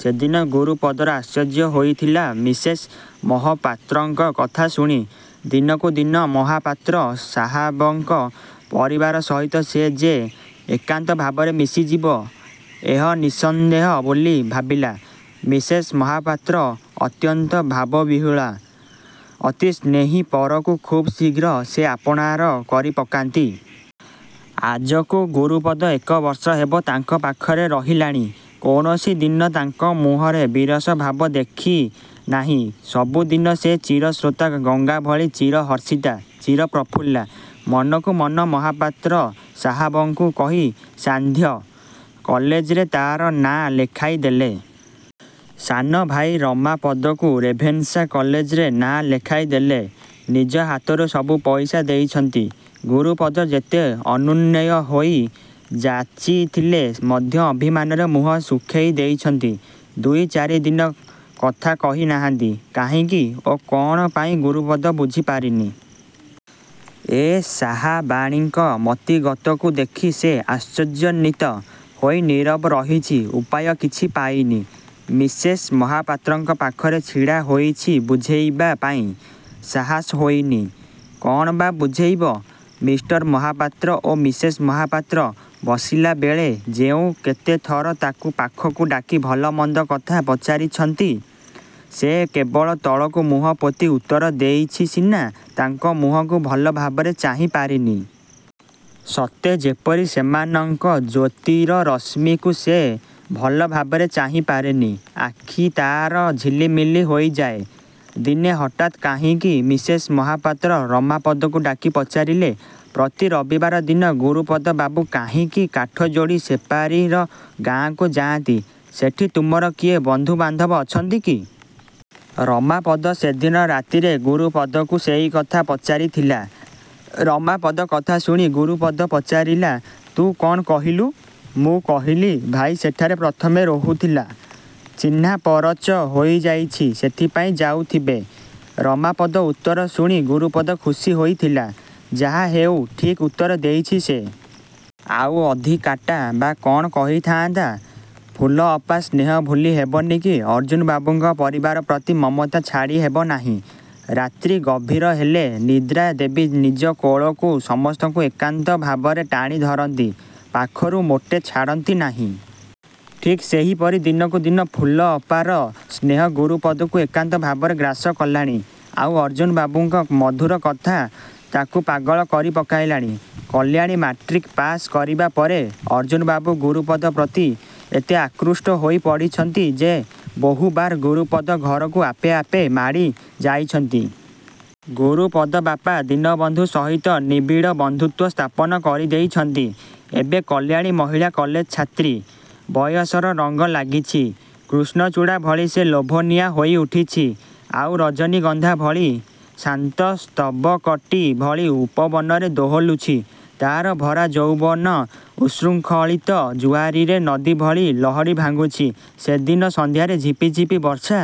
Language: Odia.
ସେଦିନ ଗୁରୁପଦର ଆଶ୍ଚର୍ଯ୍ୟ ହୋଇଥିଲା ମିସେସ୍ ମହପାତ୍ରଙ୍କ କଥା ଶୁଣି। ଦିନକୁ ଦିନ ମହାପାତ୍ର ସାହାବଙ୍କ ପରିବାର ସହିତ ସେ ଯେ ଏକାନ୍ତ ଭାବରେ ମିଶିଯିବ ଏହ ନିଃସନ୍ଦେହ ବୋଲି ଭାବିଲା। ମିସେସ୍ ମହାପାତ୍ର ଅତ୍ୟନ୍ତ ଭାବବିହ୍ୱଳା। ଅତି ସ୍ନେହୀ ପରକୁ ଖୁବ୍ ଶୀଘ୍ର ସେ ଆପଣାର କରି ପକାନ୍ତି। ଆଜକୁ ଗୁରୁପଦ ଏକ ବର୍ଷ ହେବ ତାଙ୍କ ପାଖରେ ରହିଲାଣି। କୌଣସି ଦିନ ତାଙ୍କ ମୁହଁରେ ବିରସ ଭାବ ଦେଖି ନାହିଁ। ସବୁଦିନ ସେ ଚିର ସ୍ରୋତା ଗଙ୍ଗାଭଳି ଚିର ହର୍ଷିତା, ଚିର ପ୍ରଫୁଲ୍ଲା। ମନକୁ ମନ ମହାପାତ୍ର ସାହାବଙ୍କୁ କହି ସାନ୍ଧ୍ୟ। କଲେଜରେ ତା'ର ନାଁ ଲେଖାଇ ଦେଲେ। ସାନ ଭାଇ ରମାପଦକୁ ରେଭେନ୍ସା କଲେଜରେ ନାଁ ଲେଖାଇ ଦେଲେ। ନିଜ ହାତରୁ ସବୁ ପଇସା ଦେଇଛନ୍ତି। ଗୁରୁପଦ ଯେତେ ଅନୁନ୍ୱୟ ହୋଇ ଯାଚିଥିଲେ ମଧ୍ୟ ଅଭିମାନରେ ମୁହଁ ଶୁଖେଇ ଦେଇଛନ୍ତି। ଦୁଇ ଚାରି ଦିନ କଥା କହି ନାହାନ୍ତି। କାହିଁକି ଓ କ'ଣ ପାଇଁ ଗୁରୁପଦ ବୁଝିପାରିନି। ଏ ସାହାବାଣୀଙ୍କ ମତିଗତିକୁ ଦେଖି ସେ ଆଶ୍ଚର୍ଯ୍ୟାନ୍ୱିତ ହୋଇ ନୀରବ ରହିଛି ଉପାୟ କିଛି ପାଇନି। ମିସେସ୍ ମହାପାତ୍ରଙ୍କ ପାଖରେ ଛିଡ଼ା ହୋଇଛି ବୁଝେଇବା ପାଇଁ। ସାହସ ହୋଇନି। କ'ଣ ବା ବୁଝେଇବ। ମିଷ୍ଟର ମହାପାତ୍ର ଓ ମିସେସ୍ ମହାପାତ୍ର ବସିଲାବେଳେ ଯେଉଁ କେତେଥର ତା'କୁ ପାଖକୁ ଡାକି ଭଲ ମନ୍ଦ କଥା ପଚାରିଛନ୍ତି, ସେ କେବଳ ତଳକୁ ମୁହଁ ପୋତି ଉତ୍ତର ଦେଇଛି ସିନା ତାଙ୍କ ମୁହଁକୁ ଭଲ ଭାବରେ ଚାହିଁ ପାରିନି। ସତେ ଯେପରି ସେମାନଙ୍କ ଜ୍ୟୋତିର ରଶ୍ମୀକୁ ସେ ଭଲ ଭାବରେ ଚାହିଁ ପାରେନି। ଆଖି ତା'ର ଝିଲି ମିଲି ହୋଇଯାଏ। ଦିନେ ହଠାତ୍ କାହିଁକି ମିସେସ୍ ମହାପାତ୍ର ରମାପଦକୁ ଡାକି ପଚାରିଲେ-ପ୍ରତି ରବିବାର ଦିନ ଗୁରୁପଦ ବାବୁ କାହିଁକି କାଠଯୋଡ଼ି ସେପାରିର ଗାଁକୁ ଯାଆନ୍ତି; ସେଠି ତୁମର କିଏ ବନ୍ଧୁବାନ୍ଧବ ଅଛନ୍ତି କି? ରମାପଦ ସେଦିନ ରାତିରେ ଗୁରୁପଦକୁ ସେହି କଥା ପଚାରି ଥିଲା। ରମାପଦ କଥା ଶୁଣି ଗୁରୁପଦ ପଚାରିଲା-ତୁ କ'ଣ କହିଲୁ? ମୁଁ କହିଲି, ଭାଇ ସେଠାରେ ପ୍ରଥମେ ରହୁଥିଲା। ଚିହ୍ନାପରଚ ହୋଇଯାଇଛି ସେଥିପାଇଁ ଯାଉଥିବେ। ରମାପଦ ଉତ୍ତର ଶୁଣି ଗୁରୁପଦ ଖୁସି ହୋଇଥିଲା। ଯାହାହେଉ ଠିକ୍ ଉତ୍ତର ଦେଇଛି ସେ। ଆଉ ଅଧିକାଟା ବା କ'ଣ କହି ଥାଆନ୍ତା? ଫୁଲଅପା ସ୍ନେହ ଭୁଲି ହେବନି କି ଅର୍ଜ୍ଜୁନବାବୁଙ୍କ ପରିବାର ପ୍ରତି ମମତା ଛାଡ଼ି ହେବନାହିଁ। ରାତ୍ରି ଗଭୀର ହେଲେ ନିଦ୍ରା ଦେବୀ ନିଜ କୋଳକୁ ସମସ୍ତଙ୍କୁ ଏକାନ୍ତ ଭାବରେ ଟାଣି ଧରନ୍ତି। ପାଖରୁ ମୋଟେ ଛାଡ଼ନ୍ତି ନାହିଁ। ଠିକ୍ ସେହିପରି ଦିନକୁ ଦିନ ଫୁଲଅପାର ସ୍ନେହ ଗୁରୁପଦକୁ ଏକାନ୍ତ ଭାବରେ ଗ୍ରାସ କଲାଣି। ଆଉ ଅର୍ଜ୍ଜୁନବାବୁଙ୍କ ମଧୁର କଥା ତା'କୁ ପାଗଳ କରି ପକାଇଲାଣି। କଲ୍ୟାଣୀ ମାଟ୍ରିକ୍ ପାସ୍ କରିବା ପରେ ଅର୍ଜ୍ଜୁନବାବୁ ଗୁରୁପଦ ପ୍ରତି ଏତେ ଆକୃଷ୍ଟ ହୋଇ ପଡ଼ିଛନ୍ତି ଯେ ବହୁବାର ଗୁରୁପଦ ଘରକୁ ଆପେ ଆପେ ମାଡ଼ି ଯାଇଛନ୍ତି। ଗୁରୁପଦ ବାପା ଦୀନବନ୍ଧୁ ସହିତ ନିବିଡ଼ ବନ୍ଧୁତ୍ୱ ସ୍ଥାପନ କରି ଦେଇଛନ୍ତି। ଏବେ କଲ୍ୟାଣୀ ମହିଳା କଲେଜ ଛାତ୍ରୀ। ବୟସର ରଙ୍ଗ ଲାଗିଛି। କୃଷ୍ଣଚୂଡ଼ା ଭଳି ସେ ଲୋଭନୀୟା ହୋଇ ଉଠିଛି। ଆଉ ରଜନୀଗନ୍ଧା ଭଳି ଶାନ୍ତ ସ୍ତବକଟି ଭଳି ଉପବନରେ ଦୋହଲୁଛି। ତା'ର ଭରା ଯୌବନ ଉତ୍ଶୃଙ୍ଖଳିତ ଜୁଆରିଆ ନଦୀ ଭଳି ଲହଡ଼ି ଭାଙ୍ଗୁଛି। ସେଦିନ ସନ୍ଧ୍ୟାରେ ଝିପିଝିପି ବର୍ଷା